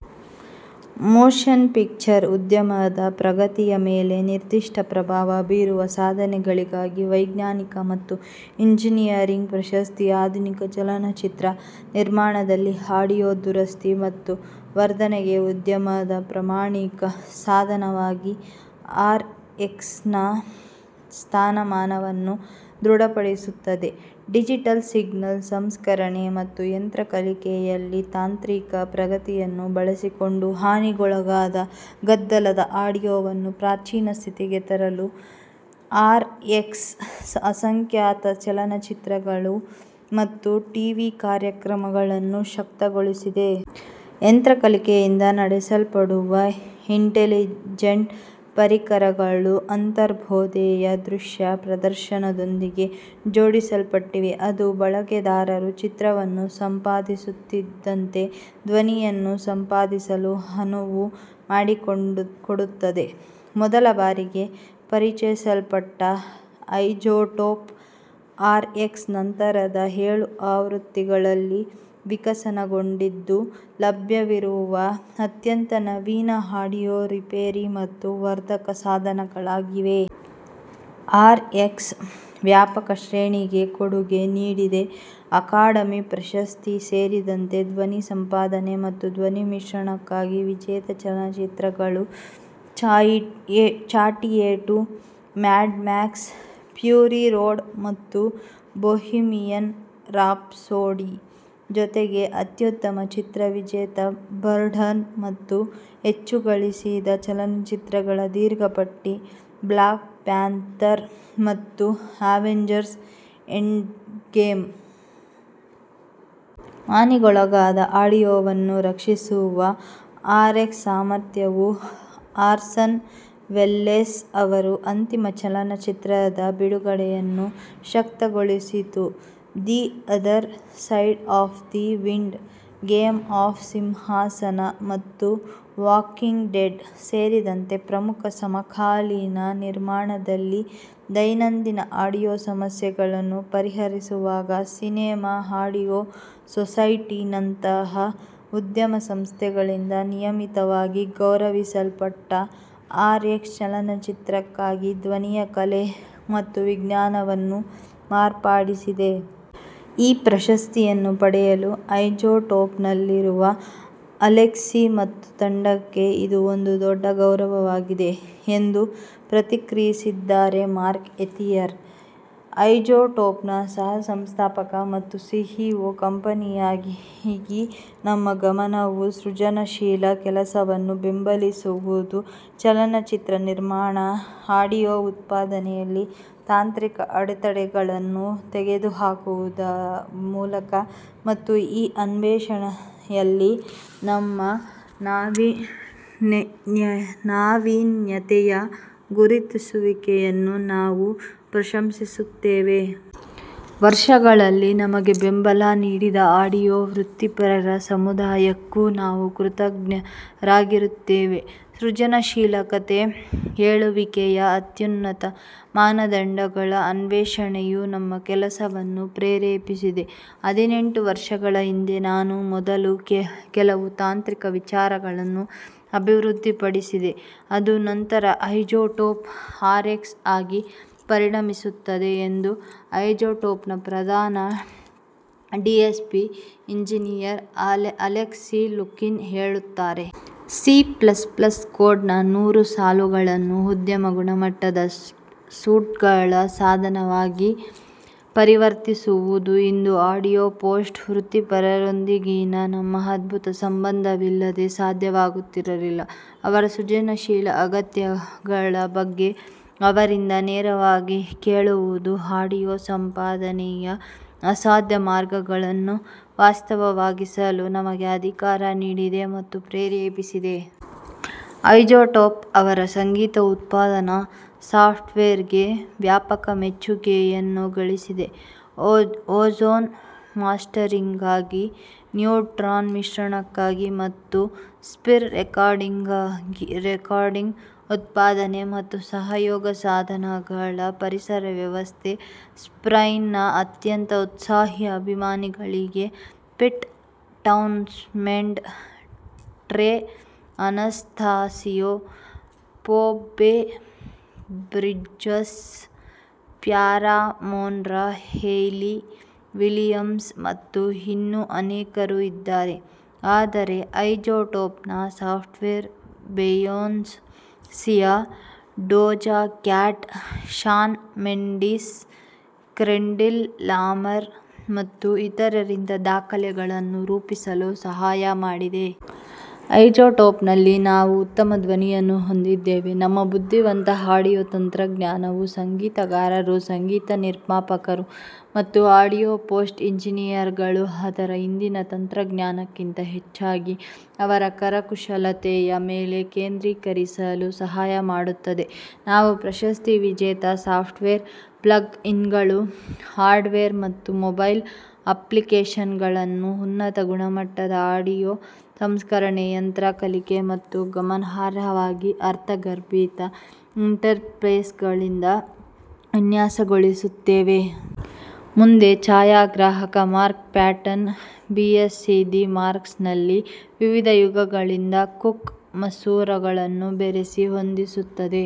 Motion picture ಉದ್ಯಮದ ಪ್ರಗತಿಯ ಮೇಲೆ ನಿರ್ದಿಷ್ಟ ಪ್ರಭಾವ ಬೀರುವ ಸಾಧನೆಗಳಿಗಾಗಿ, ವೈಜ್ಞಾನಿಕ ಮತ್ತು ಎಂಜಿನಿಯರಿಂಗ್ ಪ್ರಶಸ್ತಿ ಆಧುನಿಕ ಚಲನಚಿತ್ರ ನಿರ್ಮಾಣದಲ್ಲಿ ಆಡಿಯೊ ದುರಸ್ತಿ ಮತ್ತು ವರ್ಧನೆಗೆ ಉದ್ಯಮದ ಪ್ರಮಾಣಿತ ಸಾಧನವಾಗಿ ಆರ್ ಎಕ್ಸ್ನ ಸ್ಥಾನಮಾನವನ್ನು ದೃಢ ಪಡಿಸುತ್ತದೆ. ಡಿಜಿಟಲ್ ಸಿಗ್ನಲ್ ಸಂಸ್ಕರಣೆ ಮತ್ತು ಯಂತ್ರ ಕಲಿಕೆಯಲ್ಲಿ ತಾಂತ್ರಿಕ ಪ್ರಗತಿಯನ್ನು ಬಳಸಿಕೊಂಡು, ಹಾನಿಗೊಳಗಾದ, ಗದ್ದಲದ ಆಡಿಯೊವನ್ನು ಪ್ರಾಚೀನ ಸ್ಥಿತಿಗೆ ತರಲು ಆರ್ಎಕ್ಸ್ ಅಸಂಖ್ಯಾತ ಚಲನಚಿತ್ರಗಳು ಮತ್ತು ಟಿವಿ ಕಾರ್ಯಕ್ರಮಗಳನ್ನು ಶಕ್ತಗೊಳಿಸಿದೆ. ಯಂತ್ರ ಕಲಿಕೆಯಿಂದ ನಡೆಸಲ್ಪಡುವ ಇಂಟೆಲಿಜೆಂಟ್ ಪರಿಕರಗಳು ಅಂತರ್ಬೋಧೆಯ ದೃಶ್ಯ ಪ್ರದರ್ಶನದೊಂದಿಗೆ ಜೋಡಿಸಲ್ಪಟ್ಟಿವೆ, ಅದು ಬಳಕೆದಾರರು ಚಿತ್ರವನ್ನು ಸಂಪಾದಿಸುತ್ತಿದ್ದಂತೆ ಧ್ವನಿಯನ್ನು ಸಂಪಾದಿಸಲು ಅನುವು ಮಾಡಿಕೊಡುತ್ತದೆ. ಮೊದಲ ಬಾರಿಗೆ ಪರಿಚಯಿಸಲ್ಪಟ್ಟ ಐಜೋಟೋಪ್ ಆರ್ ಎಕ್ಸ್ ನಂತರದ ಏಳು ಆವೃತ್ತಿಗಳಲ್ಲಿ ವಿಕಸನಗೊಂಡಿದ್ದು, ಲಭ್ಯವಿರುವ ಅತ್ಯಂತ ನವೀನ ಆಡಿಯೊ ರಿಪೇರಿ ಮತ್ತು ವರ್ಧಕ ಸಾಧನಗಳಾಗಿವೆ. ಆರ್ ಎಕ್ಸ್ ವ್ಯಾಪಕ ಶ್ರೇಣಿಗೆ ಕೊಡುಗೆ ನೀಡಿದೆ ಅಕಾಡಮಿ ಪ್ರಶಸ್ತಿಸೇರಿದಂತೆ ಧ್ವನಿ ಸಂಪಾದನೆ ಮತ್ತು ಧ್ವನಿ ಮಿಶ್ರಣಕ್ಕಾಗಿ ವಿಜೇತ ಚಲನಚಿತ್ರಗಳು ಚಾಟಿಯೇಟು, ಮ್ಯಾಡ್ ಮ್ಯಾಕ್ಸ್: ಫ್ಯೂರಿ ರೋಡ್, ಮತ್ತು ಬೊಹೆಮಿಯನ್ ರಾಪ್ಸೋಡಿ, ಜೊತೆಗೆ ಅತ್ಯುತ್ತಮ ಚಿತ್ರ ವಿಜೇತ ಬರ್ಡ್ಮನ್ ಮತ್ತು ಹೆಚ್ಚು ಗಳಿಸಿದ ಚಲನಚಿತ್ರಗಳ ದೀರ್ಘ ಪಟ್ಟಿ ಬ್ಲಾಕ್ ಪ್ಯಾಂಥರ್ ಮತ್ತು ಅವೆಂಜರ್ಸ್: ಎಂಡ್ಗೇಮ್. ಹಾನಿಗೊಳಗಾದ ಆಡಿಯೊವನ್ನು ರಕ್ಷಿಸುವ ಆರ್ಎಕ್ಸ್ ಸಾಮರ್ಥ್ಯವು ಆರ್ಸನ್ ವೆಲ್ಲೆಸ್ ಅವರ ಅಂತಿಮ ಚಲನಚಿತ್ರದ ಬಿಡುಗಡೆಯನ್ನು ಶಕ್ತಗೊಳಿಸಿತು The Other Side of the Wind "Game of ಸಿಂಹಾಸನ" ಮತ್ತು "ವಾಕಿಂಗ್ ಡೆಡ್" ಸೇರಿದಂತೆ ಪ್ರಮುಖ ಸಮಕಾಲೀನ ನಿರ್ಮಾಣಗಳಲ್ಲಿ ದೈನಂದಿನ ಆಡಿಯೊ ಸಮಸ್ಯೆಗಳನ್ನು ಪರಿಹರಿಸುವಾಗ. ಸಿನೆಮಾ ಆಡಿಯೊ ಸೊಸೈಟಿ ನಂತಹ ಉದ್ಯಮ ಸಂಸ್ಥೆಗಳಿಂದ ನಿಯಮಿತವಾಗಿ ಗೌರವಿಸಲ್ಪಟ್ಟ ಆರ್ಎಕ್ಸ್ ಚಲನಚಿತ್ರಕ್ಕಾಗಿ ಧ್ವನಿಯ ಕಲೆ ಮತ್ತು ವಿಜ್ಞಾನವನ್ನು ಮಾರ್ಪಡಿಸಿದೆ. "ಈ ಪ್ರಶಸ್ತಿಯನ್ನು ಪಡೆಯಲು ಐಜೋಟೋಪ್ನಲ್ಲಿರುವ ಅಲೆಕ್ಸಿ ಮತ್ತು ತಂಡಕ್ಕೆ ಇದು ಒಂದು ದೊಡ್ಡ ಗೌರವವಾಗಿದೆ" ಎಂದು ಪ್ರತಿಕ್ರಿಯಿಸಿದ್ದಾರೆ ಮಾರ್ಕ್ ಎಥಿಯರ್, ಐಜೋಟೋಪ್ನ ಸಹ-ಸ್ಥಾಪಕ ಮತ್ತು ಸಿಇಒ. "ಕಂಪನಿಯಾಗಿ ನಮ್ಮ ಗಮನವು ಸೃಜನಶೀಲ ಕೆಲಸವನ್ನು ಬೆಂಬಲಿಸುವುದು ಚಲನಚಿತ್ರ ನಿರ್ಮಾಣ ಆಡಿಯೊ ಉತ್ಪಾದನೆಯಲ್ಲಿ ತಾಂತ್ರಿಕ ಅಡೆತಡೆಗಳನ್ನು ತೆಗೆದುಹಾಕುವ ಮೂಲಕ, ಮತ್ತು ಈ ಅನ್ವೇಷಣೆಯಲ್ಲಿ ನಮ್ಮ ನಾವೀನ್ಯತೆಯ ಗುರುತಿಸುವಿಕೆಯನ್ನು ನಾವು ಪ್ರಶಂಸಿಸುತ್ತೇವೆ. ವರ್ಷಗಳಲ್ಲಿ ನಮಗೆ ಬೆಂಬಲ ನೀಡಿದ ಆಡಿಯೊ ವೃತ್ತಿಪರರ ಸಮುದಾಯಕ್ಕೂ ನಾವು ಕೃತಜ್ಞರಾಗಿರುತ್ತೇವೆ. ಸೃಜನಶೀಲ ಕಥೆ ಹೇಳುವಿಕೆಯ ಅತ್ಯುನ್ನತ ಮಾನದಂಡಗಳ ಅನ್ವೇಷಣೆಯು ನಮ್ಮ ಕೆಲಸವನ್ನು ಪ್ರೇರೇಪಿಸಿದೆ. " ಹದಿನೆಂಟು ವರ್ಷಗಳ ಹಿಂದೆ ನಾನು ಮೊದಲು ಕೆಲವು ತಾಂತ್ರಿಕ ವಿಚಾರಗಳನ್ನು ಅಭಿವೃದ್ಧಿಪಡಿಸಿದೆ, ಅದು ನಂತರ ಐಜೋಟೋಪ್ ಆರ್ ಎಕ್ಸ್ ಆಗಿ ಪರಿಣಮಿಸುತ್ತದೆ" ಎಂದು ಐಜೋಟೋಪ್ನ ಪ್ರಧಾನ ಡಿಎಸ್ಪಿ ಎಂಜಿನಿಯರ್ ಅಲೆಕ್ಸಿ ಲುಕಿನ್ ಹೇಳುತ್ತಾರೆ. "ಸಿ ಪ್ಲಸ್ ಪ್ಲಸ್ ಕೋಡ್ನ ನೂರು ಸಾಲುಗಳನ್ನು ಉದ್ಯಮ-ಗುಣಮಟ್ಟದ ಸೂಟ್ಗಳ ಸಾಧನವಾಗಿ ಪರಿವರ್ತಿಸುವುದು ಇಂದು ಆಡಿಯೊ ಪೋಸ್ಟ್ ವೃತ್ತಿಪರರೊಂದಿಗಿನ ನಮ್ಮ ಅದ್ಭುತ ಸಂಬಂಧವಿಲ್ಲದೆ ಸಾಧ್ಯವಾಗುತ್ತಿರಲಿಲ್ಲ. ಅವರ ಸೃಜನಶೀಲ ಅಗತ್ಯಗಳ ಬಗ್ಗೆ ಅವರಿಂದ ನೇರವಾಗಿ ಕೇಳುವುದು ಆಡಿಯೊ ಸಂಪಾದನೆಯ ಅಸಾಧ್ಯ ಮಾರ್ಗಗಳನ್ನು ವಾಸ್ತವವಾಗಿಸಲು ನಮಗೆ ಅಧಿಕಾರ ನೀಡಿದೆ ಮತ್ತು ಪ್ರೇರೇಪಿಸಿದೆ. " ಐಜೋಟೋಪ್ ಅವರ ಸಂಗೀತ ಉತ್ಪಾದನಾ ಸಾಫ್ಟ್ವೇರ್ಗೆ ವ್ಯಾಪಕ ಮೆಚ್ಚುಗೆಯನ್ನು ಗಳಿಸಿದೆ ಓಝೋನ್ ಮಾಸ್ಟರಿಂಗ್ಗಾಗಿ, ನ್ಯೂಟ್ರಾನ್ ಮಿಶ್ರಣಕ್ಕಾಗಿ, ಮತ್ತು ಸ್ಪಿರ್ ರೆಕಾರ್ಡಿಂಗ್, ಉತ್ಪಾದನೆ ಮತ್ತು ಸಹಯೋಗ ಸಾಧನಗಳ ಪರಿಸರ ವ್ಯವಸ್ಥೆ. ಸ್ಪೈರ್ನ ಅತ್ಯಂತ ಉತ್ಸಾಹಿ ಅಭಿಮಾನಿಗಳಲ್ಲಿ Pete Townshend, Trey Anastasio, Phoebe Bridgers, ಪ್ಯಾರಾಮೋರ್ನ ಹೇಯ್ಲಿ ವಿಲಿಯಮ್ಸ್ ಮತ್ತು ಇನ್ನೂ ಅನೇಕರು ಇದ್ದಾರೆ, ಆದರೆ ಐಜೋಟೋಪ್ನ software Beyonce, Sia, Doja Cat, Shawn Mendes, Kendrick Lamar ಮತ್ತು ಇತರರಿಂದ ದಾಖಲೆಗಳನ್ನು ರೂಪಿಸಲು ಸಹಾಯ ಮಾಡಿದೆ. ಐಜೋಟೋಪ್ನಲ್ಲಿ, ನಾವು ಉತ್ತಮ ಧ್ವನಿಯನ್ನು ಹೊಂದಿದ್ದೇವೆ. ನಮ್ಮ ಬುದ್ಧಿವಂತ ಆಡಿಯೊ ತಂತ್ರಜ್ಞಾನವು ಸಂಗೀತಗಾರರು, ಸಂಗೀತ ನಿರ್ಮಾಪಕರು ಮತ್ತು ಆಡಿಯೊ ಪೋಸ್ಟ್ ಎಂಜಿನಿಯರ್ಗಳು ಅದರ ಹಿಂದಿನ ತಂತ್ರಜ್ಞಾನಕ್ಕಿಂತ ಹೆಚ್ಚಾಗಿ ಅವರ ಕರಕುಶಲತೆಯ ಮೇಲೆ ಕೇಂದ್ರೀಕರಿಸಲು ಸಹಾಯ ಮಾಡುತ್ತದೆ. ನಾವು ಪ್ರಶಸ್ತಿ ವಿಜೇತ ಸಾಫ್ಟ್ವೇರ್, ಪ್ಲಗ್-ಇನ್ಗಳು, ಹಾರ್ಡ್ವೇರ್ ಮತ್ತು ಮೊಬೈಲ್ ಅಪ್ಲಿಕೇಶನ್ಗಳನ್ನು ಉನ್ನತ ಗುಣಮಟ್ಟದ ಆಡಿಯೊ ಸಂಸ್ಕರಣೆ, ಯಂತ್ರ ಕಲಿಕೆ ಮತ್ತು ಗಮನಾರ್ಹವಾಗಿ ಅರ್ಥಗರ್ಭಿತ ಇಂಟರ್ಫೇಸ್ಗಳಿಂದ ವಿನ್ಯಾಸಗೊಳಿಸುತ್ತೇವೆ. ಮುಂದೆ: ಛಾಯಾಗ್ರಾಹಕ ಮಾರ್ಕ್ ಪ್ಯಾಟನ್ ಬಿಎಸ್ಸಿ ದಿ ಮಾರ್ಕ್ಸ್ಮನ್ನಲ್ಲಿ ವಿವಿಧ ಯುಗಗಳಿಂದ ಕುಕ್ ಮಸೂರಗಳನ್ನು ಬೆರೆಸಿ ಹೊಂದಿಸುತ್ತದೆ.